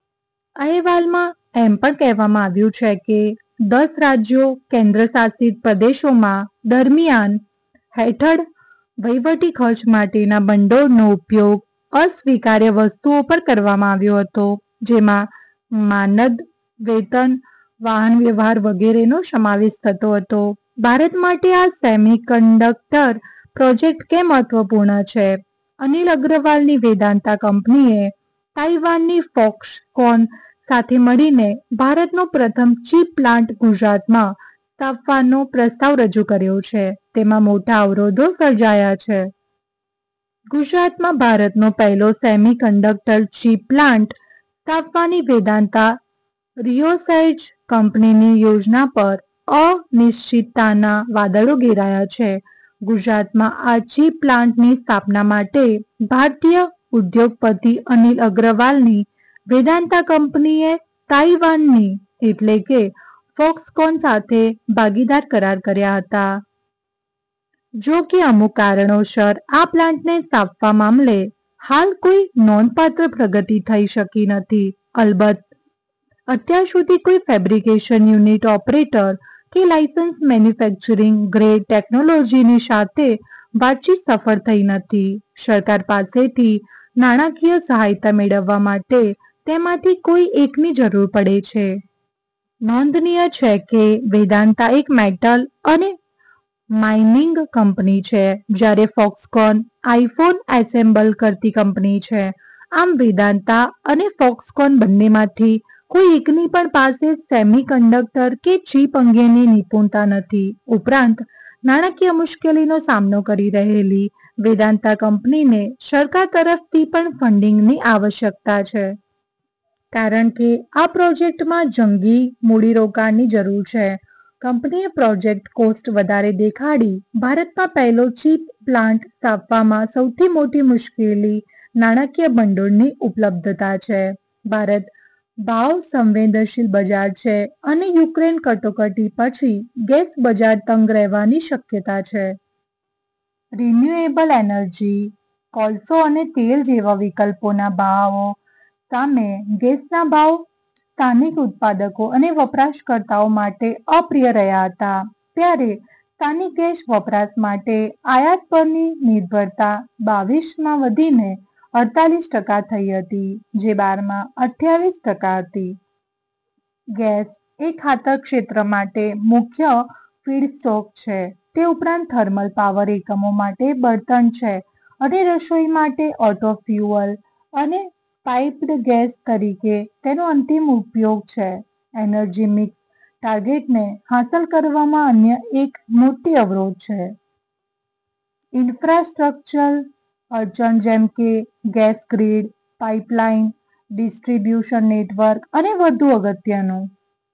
અહેવાલમાં એમ પણ કહેવામાં આવ્યું છે કે દસ રાજ્યો/ કેન્દ્રશાસિત પ્રદેશોમાં, દરમિયાન હેઠળ વહીવટી ખર્ચ માટેના ભંડોળનો ઉપયોગ "અસ્વીકાર્ય વસ્તુઓ" પર કરવામાં આવ્યો હતો. જેમાં માનદ વેતન, વાહનવ્યવહાર વગેરેનો સમાવેશ થતો હતો. ભારત માટે આ સેમીકન્ડક્ટર પ્રોજેક્ટ કેમ મહત્વપૂર્ણ છે: અનિલ અગ્રવાલની વેદાંતા કંપનીએ તાઇવાનની ફોક્સકોન સાથે મળીને ભારતનો પ્રથમ ચીપ પ્લાન્ટ ગુજરાતમાં સ્થાપવાનો પ્રસ્તાવ રજૂ કર્યો છે, તેમાં મોટા અવરોધો સર્જાયા છે. ગુજરાતમાં ભારતનો પહેલો સેમીકન્ડક્ટર ચીપ પ્લાન્ટ સ્થાપવાની વેદાંતા રિસોર્સેઝ કંપનીની યોજના પર અનિશ્ચિતતાના વાદળો ઘેરાયા છે. ગુજરાતમાં આ ચીપ પ્લાન્ટની સ્થાપના માટે ભારતીય ઉદ્યોગપતિ અનિલ અગ્રવાલની વેદાંતા કંપનીએ તાઇવાનની એટલે કે ફોક્સકોન સાથે ભાગીદાર કરાર કર્યા હતા. જો કે અમુક કારણોસર આ પ્લાન્ટને સ્થાપવા મામલે હાલ કોઇ નોંધપાત્ર પ્રગતિ થઇ શકી નથી. અલબત્ત અત્યાર સુધી કોઇ ફેબ્રિકેશન યુનિટ ઓપરેટર કે લાઇસન્સ મેન્યુફેક્ચરિંગ ગ્રેડ ટેકનોલોજીની સાથે વાતચીત સફળ થઇ નથી. સરકાર પાસેથી નાણાંકીય સહાયતા મેળવવા માટે તેમાંથી કોઇ એકની જરૂર પડે છે. નોંધનિય છે કે, વેદાંતા એક મેટલ અને માઇનિંગ કંપની છે જ્યારે ફોક્સકોન આઇફોન એસેમ્બલ કરતી કંપની છે. આમ વેદાંતા અને ફોક્સકોન બંનેમાંથી કોઇ એકની પણ પાસે સેમીકન્ડક્ટર કે ચીપ અંગેની નિપુણતા નથી. ઉપરાંત નાણાંકીય મુશ્કેલીનો સામનો કરી રહેલી વેદાંતા કંપનીને સરકાર તરફથી પણ ફંડિગની આવશ્યકતા છે. કારણ કે આ પ્રોજેક્ટમાં જંગી મૂડીરોકાણની જરૂર છે. કંપનીએ પ્રોજેક્ટ કોસ્ટ વધારે દેખાડી. ભારતમાં પહેલો ચીપ પ્લાન્ટ સ્થાપવામાં સૌથી મોટી મુશ્કેલી નાણાંકીય ભંડોળની ઉપલબ્ધતા છે. ભારત ભાવ સંવેદનશીલ બજાર છે અને યુક્રેન કટોકટી પછી ગેસ બજાર તંગ રહેવાની શક્યતા છે. રિન્યુએબલ એનર્જી, કોલસો અને તેલ જેવા વિકલ્પોના ભાવો સામે ગેસના ભાવ સ્થાનિક ઉત્પાદકો અને વપરાશકર્તાઓ માટે અપ્રિય રહ્યા હતા, ત્યારે સ્થાનિક ગેસ વપરાશ માટે આયાત પરની નિર્ભરતા બાવીસમાં વધીને અડતાલીસ ટકા થઈ હતી જે બાર માં અઠ્ઠાવીસ ટકા હતી. ગેસ એ ખાતર ક્ષેત્ર માટે મુખ્ય ફીડસ્ટોક છે, તે ઉપરાંત થર્મલ પાવર એકમો માટે બળતણ છે, અને રસોઈ માટે ઓટો ફ્યુઅલ અને પાઇપ્ડ ગેસ તરીકે તેનો અંતિમ ઉપયોગ છે. એનર્જી મિક્સ ટાર્ગેટને હાંસલ કરવામાં અન્ય એક મોટી અવરોધ છે. ઇન્ફ્રાસ્ટ્રક્ચરલ અડચણ જેમ કે gas grid, pipeline, distribution network અને વધુ અગત્યનું.